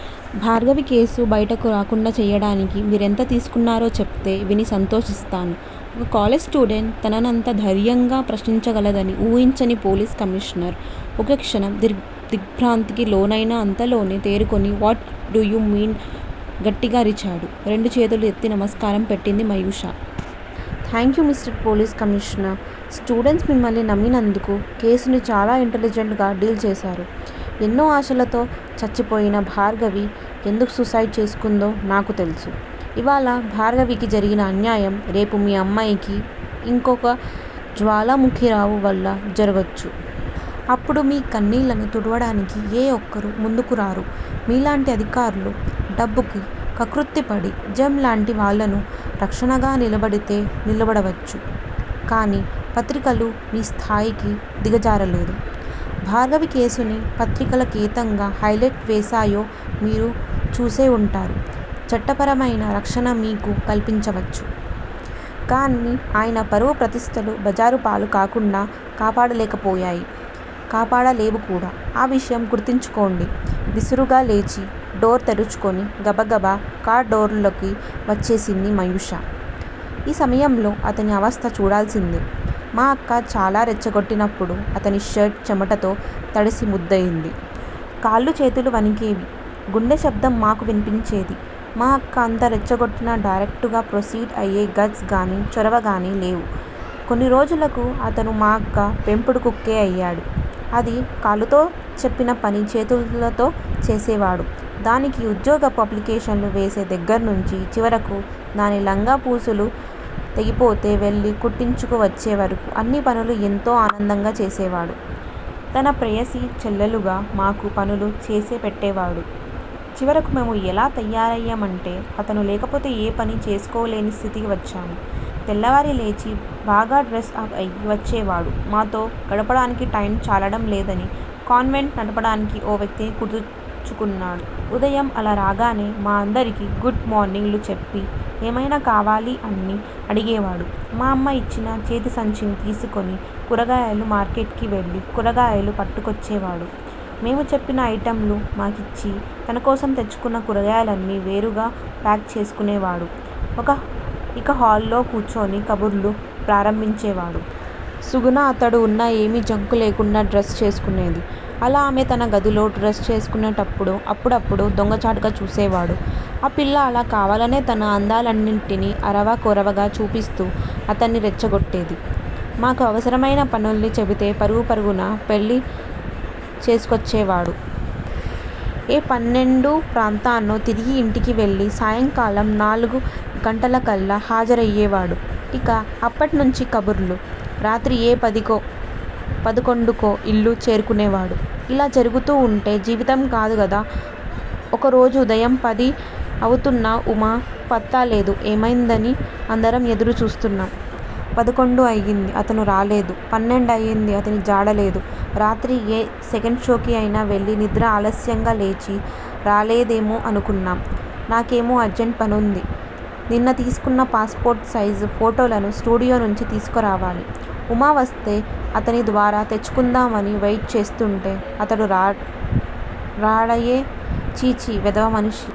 Bhargavi case బయటకు రాకుండా చేయడానికి మీరెంత తీసుకున్నారో చెప్తే విని సంతోషిస్తాను ఒక కాలేజీ స్టూడెంట్ తననంత ధైర్యంగా ప్రస్నించగలదని ఊహించని పోలీస్ కమీషనర్ ఒక్కక్షణం దిగ్బ్రాంతికి లోనై అంతలోనే తేరుకొని వాట్ డూ యు మీన్ గట్టిగా అరిచాడు. రెండు చేతులు ఎత్తి నమస్కారం పెట్టింది Mayusha. Thank you mister police commissioner students మిమ్మల్ని నమ్మినందుకు కేసుని చాలా ఇంటెలిజెంట్ గా డీల్ చేసారు. ఎన్నో ఆశలతో చచ్చిపోయిన భార్గవి ఎందుకు సూసైడ్ చేసుకుందో నాకు తెలుసు. ఇవాళ భార్గవికి జరిగిన అన్యాయం రేపు మీ అమ్మాయికి, ఇంకొక జ్వాలాముఖిరావు వల్ల జరగొచ్చు. అప్పుడు మీ కన్నీళ్ళను తుడవడానికి ఏ ఒక్కరూ ముందుకురారు మీలాంటి అధికార్లు డబ్బుకి కక్కుర్తిపడి జెమ్ లాంటి వాళ్ళకు రక్షణగా నిలబడితే నిలబడవచ్చు. కానీ పత్రికలు మీ స్థాయికి దిగజారలేదు. భార్గవి కేసుని పత్రికల కెంతగా హైలెట్ వేసాయో మీరు చూసే వుంటారు, చట్టపరమైన రక్షణ మీకు కల్పించవచ్చు. కానీ ఆయన పరువు, ప్రతిష్టలు బజారు పాలు కాకుండా కాపాడలేకపోయాయి, కాపాడలేవుకూడా ఆ విషయం గుర్తుంచుకోండి విసురుగా లేచి డోర్ తెరచుకుని గబగబా కారిడార్లోకి వచ్చేసింది మయూష. ఈ సమయాల్లో అతని అవస్థ చూడాల్సిందే. మా అక్క అలా రెచ్చగొట్టినప్పుడు అతని షర్ట్ చెమటతో తడిసి ముద్దయ్యేది. కాళ్ళూ చేతులూ వణికేవి. గుండె శబ్దం మాకు విన్పించేది. మా అక్క అంతగా రెచ్చగొట్టినా డైరెక్టుగా ప్రొసీడ్ అయ్యే గట్స్ గానీ- చొరవగానీ లేవు. కొన్నిరోజులకు అతను మా అక్క పెంపుడు కుక్కే అయ్యాడు. అది కాలుతో చెప్పిన పని చేతులతో చేసేవాడు దానికి ఉద్యోగపు అప్లికేషన్లు వేసే దగ్గర్నుంచి చివరికి దాని లంగా పూసులు తెగిపోతే వెళ్ళి కుట్టించుకు వచ్చే వరకు అన్ని పనులు ఎంతో ఆనందంగా చేసేవాడు. తన ప్రేయసి చెల్లెళ్ళుగా మాకూ పనులు చేసేపెట్టేవాడు. చివరికి మేము యెలా తయారయ్యామంటే అతను లేకపోతే ఏ పనీ చేసుకోలేని స్థితికి వచ్చాము. తెల్లవారి లేచి బాగా డ్రస్ అవ్ అయి వచ్చేవాడు. మాతో గడపడానికి టైమ్ చాలడం లేదని కాన్వెంట్ నడపడానికి ఓ వ్యక్తిని కుదుర్చుకున్నాడు. ఉదయం అలా రాగానే మా అందరికీ గుడ్ మార్నింగ్ లు చెప్పి ఏమైనా కావాలా అని అడిగేవాడు. మా అమ్మ యిచ్చిన చేతిసంచిని తీసుకుని కూరగాయల మార్కెట్ కి వెళ్ళి కూరగాయలు పట్టుకొచ్చేవాడు. మేము చెప్పిన ఐటమ్ లు మాకిచ్చి, తనకోసం తెచ్చుకున్న కూరగాయల్ని వేరుగా ప్యాక్ చేసుకునేవాడు ఇక హాల్లో కూర్చుని కబుర్లు ప్రారంభించేవాడు. సుగుణ అతడు వున్న ఏమీ జంకు లేకుండా డ్రస్ చేసుకునేది. అలా ఆమె తన గదిలో డ్రస్ చేసుకుంటున్నప్పుడు అప్పుడప్పుడూ దొంగచాటుగా చూసేవాడు. ఆ పిల్లా అలా కావాలనే తన అందాలన్నిటినీ అరవా కొరవగా చూపిస్తూ అతన్ని రెచ్చగొట్టేది. మాకు అవసరమైన పనుల్ని చెబితే పరుగు పరుగున పెళ్ళి చేసుకోచ్చేవాడు. ఏ పన్నెండు ప్రాంతానో తిరిగి ఇంటికి వెళ్ళి సాయంకాలం నాలుగు గంటలకల్లా హాజరయ్యేవాడు. ఇక అప్పట్నుంచీ కబుర్లు. రాత్రి ఏ పదికో, పదకొండుకో ఇల్లు చేరుకునేవాడు. ఇలా జరుగుతూ వుంటే జీవితం కాదు గదా. ఓరోజు ఉదయం పది అవుతున్నా ఉమా పత్తా లేదు ఏమైందోనని అందరం ఎదురుచూస్తున్నాం. పదకొండు అయ్యింది. అతను రాలేదు పన్నెండయ్యింది. అతని జాడలేదు. రాత్రి ఏ సెకండ్ షోకి అయినా వెళ్ళి నిద్ర ఆలస్యంగా లేచి రాలేదేమో అనుకున్నాం. నాకేమో అర్జెంట్ పనుంది. నిన్న తీసుకున్న పాస్ పోర్టు సైజు ఫోటోలను స్టూడియో నుంచి తీసుకురావాలి. ఉమా వస్తే అతని ద్వారా తెచ్చుకుందామని వెయిట్ చేస్తుంటే అతడు రాడాయె. ఛీఛీ వెధవ మనిషి.